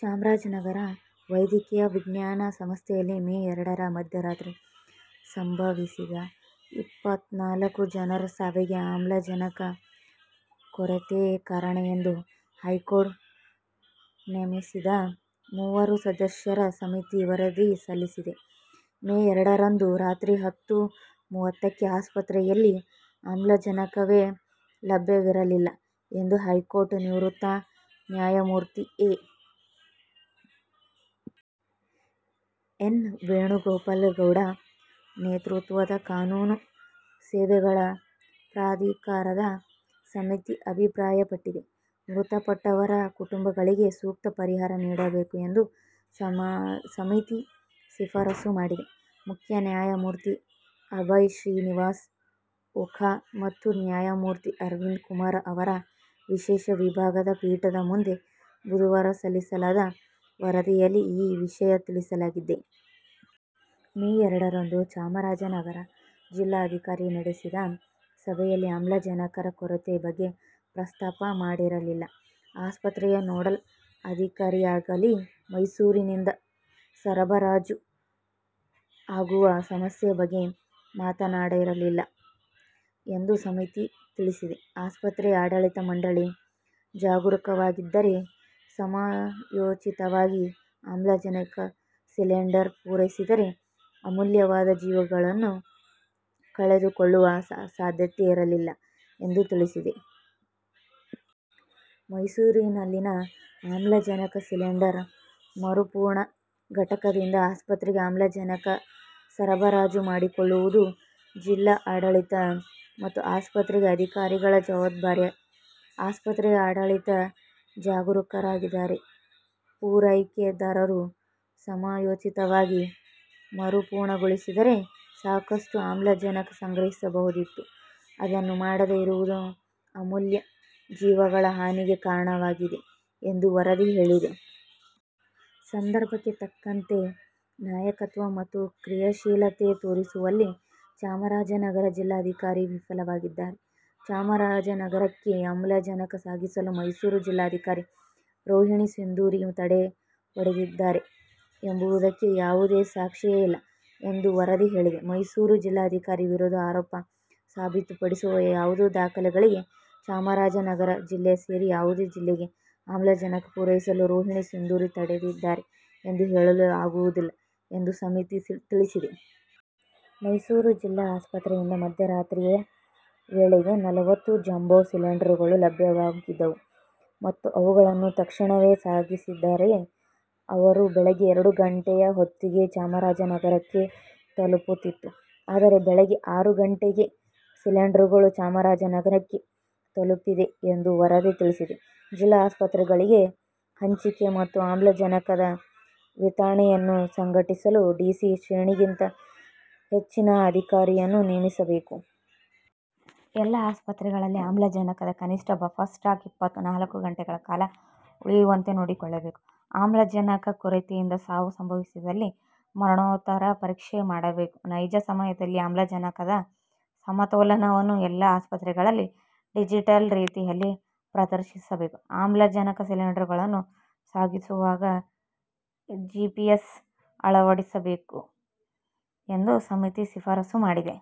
ಚಾಮರಾಜನಗರ ವೈದ್ಯಕೀಯ ವಿಜ್ಞಾನ ಸಂಸ್ಥೆಯಲ್ಲಿ ಮೇ ಎರಡರ ಮಧ್ಯರಾತ್ರಿ ಸಂಭವಿಸಿದ ಇಪ್ಪತ್ತ ನಾಲ್ಕು ಜನರ ಸಾವಿಗೆ ಆಮ್ಲಜನಕ ಕೊರತೆಯೇ ಕಾರಣ ಎಂದು ಹೈಕೋರ್ಟ್ ನೇಮಿಸಿದ್ದ ಮೂವರು ಸದಸ್ಯರ ಸಮಿತಿ ವರದಿ ಸಲ್ಲಿಸಿದೆ. ಮೇ ಎರಡರಂದು ರಾತ್ರಿ ಹತ್ತು ಮೂವತ್ತಕ್ಕೆ ಆಸ್ಪತ್ರೆಯಲ್ಲಿ ಆಮ್ಲಜನಕವೇ ಲಭ್ಯವಿರಲಿಲ್ಲ' ಎಂದು ಹೈಕೋರ್ಟ್ ನಿವೃತ್ತ ನ್ಯಾಯಮೂರ್ತಿ ಎ. ಎನ್. ವೇಣುಗೋಪಾಲಗೌಡ ನೇತೃತ್ವದ ಕಾನೂನು ಸೇವೆಗಳ ಪ್ರಾಧಿಕಾರದ ಸಮಿತಿ ಅಭಿಪ್ರಾಯಪಟ್ಟಿದೆ. ಮೃತಪಟ್ಟವರ ಕುಟುಂಬಗಳಿಗೆ ಸೂಕ್ತ ಪರಿಹಾರ ನೀಡಬೇಕು ಎಂದು ಸಮಿತಿ ಶಿಫಾರಸು ಮಾಡಿದೆ. ಮುಖ್ಯ ನ್ಯಾಯಮೂರ್ತಿ ಅಭಯ್ ಶ್ರೀನಿವಾಸ್ ಓಕಾ ಮತ್ತು ನ್ಯಾಯಮೂರ್ತಿ ಅರವಿಂದ್ ಕುಮಾರ್ ಅವರ ವಿಶೇಷ ವಿಭಾಗದ ಪೀಠದ ಮುಂದೆ ಬುಧವಾರ ಸಲ್ಲಿಸಲಾದ ವರದಿಯಲ್ಲಿ ಈ ವಿಷಯ ತಿಳಿಸಲಾಗಿದೆ. ಮೇ ಎರಡರಂದು ಚಾಮರಾಜನಗರ ಜಿಲ್ಲಾಧಿಕಾರಿ ನಡೆಸಿದ ಸಭೆಯಲ್ಲಿ ಆಮ್ಲಜನಕರ ಕೊರತೆ ಬಗ್ಗೆ ಪ್ರಸ್ತಾಪ ಮಾಡಿರಲಿಲ್ಲ, ಆಸ್ಪತ್ರೆಯ ನೋಡಲ್ ಅಧಿಕಾರಿಯಾಗಲಿ ಮೈಸೂರಿನಿಂದ ಸರಬರಾಜು ಆಗುವ ಸಮಸ್ಯೆ ಬಗ್ಗೆ ಮಾತನಾಡಿರಲಿಲ್ಲ ಎಂದು ಸಮಿತಿ ತಿಳಿಸಿದೆ. ಆಸ್ಪತ್ರೆಯ ಆಡಳಿತ ಮಂಡಳಿ ಜಾಗರೂಕವಾಗಿದಿದ್ದರೇ ಸಮಯೋಚಿತವಾಗಿ ಆಮ್ಲಜನಕ ಸಿಲಿಂಡರ್ ಪೂರೈಸಿದ್ದರೆ ಅಮೂಲ್ಯವಾದ ಜೀವಗಳನ್ನು ಕಳೆದುಕೊಳ್ಳುವ ಸಾಧ್ಯತೆ ಇರಲಿಲ್ಲ ಎಂದು ತಿಳಿಸಿದೆ. 'ಮೈಸೂರಿನಲ್ಲಿನ ಆಮ್ಲಜನಕ ಸಿಲಿಂಡರ್ ಮರುಪೂರಣ ಘಟಕದಿಂದ ಆಸ್ಪತ್ರೆಗೆ ಆಮ್ಲಜನಕ ಸರಬರಾಜು ಮಾಡಿಕೊಳ್ಳುವುದು ಜಿಲ್ಲಾಡಳಿತ ಮತ್ತು ಆಸ್ಪತ್ರೆ ಅಧಿಕಾರಿಗಳ ಜವಾಬ್ದಾರಿ. ಆಸ್ಪತ್ರೆಯ ಆಡಳಿತ ಜಾಗರೂಕರಾಗಿದ್ದರೆ, ಪೂರೈಕೆದಾರರು ಸಮಯೋಚಿತವಾಗಿ ಮರುಪೂರಣಗೊಳಿಸಿದ್ದರೆ ಸಾಕಷ್ಟು ಆಮ್ಲಜನಕ ಸಂಗ್ರಹಿಸಬಹುದಿತ್ತು. ಅದನ್ನು ಮಾಡದೆ ಇರುವುದು ಅಮೂಲ್ಯ ಜೀವಗಳ ಹಾನಿಗೆ ಕಾರಣವಾಗಿದೆ' ಎಂದು ವರದಿ ಹೇಳಿದೆ. 'ಸಂದರ್ಭಕ್ಕೆ ತಕ್ಕಂತೆ ನಾಯಕತ್ವ ಮತ್ತು ಕ್ರಿಯಾಶೀಲತೆ ತೋರಿಸುವಲ್ಲಿ ಚಾಮರಾಜನಗರ ಜಿಲ್ಲಾಧಿಕಾರಿ ವಿಫಲವಾಗಿದ್ದಾರೆ. ಚಾಮರಾಜನಗರಕ್ಕೆ ಆಮ್ಲಜನಕ ಸಾಗಿಸಲು ಮೈಸೂರು ಜಿಲ್ಲಾಧಿಕಾರಿ ರೋಹಿಣಿ ಸಿಂಧೂರಿ ತಡೆ ಒಡ್ಡಿದ್ದಾರೆ ಎಂಬುದಕ್ಕೆ ಯಾವುದೇ ಸಾಕ್ಷ್ಯ ಇಲ್ಲ' ಎಂದು ವರದಿ ಹೇಳಿದೆ. ಮೈಸೂರು ಜಿಲ್ಲಾಧಿಕಾರಿ ವಿರುದ್ಧ ಆರೋಪ ಸಾಬೀತುಪಡಿಸುವ ಯಾವುದೇ ದಾಖಲೆಗಳಿಲ್ಲ. ಚಾಮರಾಜನಗರ ಜಿಲ್ಲೆ ಸೇರಿ ಯಾವುದೇ ಜಿಲ್ಲೆಗೆ ಆಮ್ಲಜನಕ ಪೂರೈಸಲು ರೋಹಿಣಿ ಸಿಂಧೂರಿ ತಡೆದಿದ್ದಾರೆ ಎಂದು ಹೇಳಲು ಆಗುವುದಿಲ್ಲ ಎಂದು ಸಮಿತಿ ತಿಳಿಸಿದೆ. ಮೈಸೂರು ಜಿಲ್ಲಾ ಆಸ್ಪತ್ರೆಯಿಂದ ಮಧ್ಯರಾತ್ರಿಯ ವೇಳೆಗೆ ನಲವತ್ತು ಜಂಬೋ ಸಿಲಿಂಡರ್ಗಳು ಲಭ್ಯವಾಗಿದ್ದವು ಮತ್ತು ಅವುಗಳನ್ನು ತಕ್ಷಣವೇ ಸಾಗಿಸಿದ್ದರೆ, ಅವರು ಬೆಳಿಗ್ಗೆ ಎರಡು ಗಂಟೆಯ ಹೊತ್ತಿಗೆ ಚಾಮರಾಜನಗರಕ್ಕೆ ತಲುಪುತ್ತಿತ್ತು. ಆದರೆ ಬೆಳಿಗ್ಗೆ ಆರು ಗಂಟೆಗೆ ಸಿಲಿಂಡರ್ಗಳು ಚಾಮರಾಜನಗರಕ್ಕೆ ತಲುಪಿದೆ ಎಂದು ವರದಿ ತಿಳಿಸಿದೆ. ಜಿಲ್ಲಾ ಆಸ್ಪತ್ರೆಗಳಿಗೆ ಹಂಚಿಕೆ ಮತ್ತು ಆಮ್ಲಜನಕದ ವಿತರಣೆಯನ್ನು ಸಂಘಟಿಸಲು ಡಿಸಿ ಶ್ರೇಣಿಗಿಂತ ಹೆಚ್ಚಿನ ಅಧಿಕಾರಿಯನ್ನು ನೇಮಿಸಬೇಕು. ಎಲ್ಲಾ ಆಸ್ಪತ್ರೆಗಳಲ್ಲಿ ಆಮ್ಲಜನಕದ ಕನಿಷ್ಠ ಬಫರ್ ಸ್ಟಾಕ್ ಇಪ್ಪತ್ತ ನಾಲ್ಕು ಗಂಟೆಗಳ ಕಾಲ ಉಳಿಯುವಂತೆ ನೋಡಿಕೊಳ್ಳಬೇಕು. ಆಮ್ಲಜನಕ ಕೊರತೆಯಿಂದ ಸಾವು ಸಂಭವಿಸಿದಲ್ಲಿ ಮರಣೋತ್ತರ ಪರೀಕ್ಷೆ ಮಾಡಬೇಕು, ನೈಜ ಸಮಯದಲ್ಲಿ ಆಮ್ಲಜನಕದ ಸಮತೋಲನವನ್ನು ಎಲ್ಲಾ ಆಸ್ಪತ್ರೆಗಳಲ್ಲಿ ಡಿಜಿಟಲ್ ರೀತಿಯಲ್ಲಿ ಪ್ರದರ್ಶಿಸಬೇಕು. ಆಮ್ಲಜನಕ ಸಿಲಿಂಡರ್ಗಳನ್ನು ಸಾಗಿಸುವಾಗ ಜಿಪಿಎಸ್ ಅಳವಡಿಸಬೇಕು ಎಂದು ಸಮಿತಿ ಶಿಫಾರಸು ಮಾಡಿದೆ.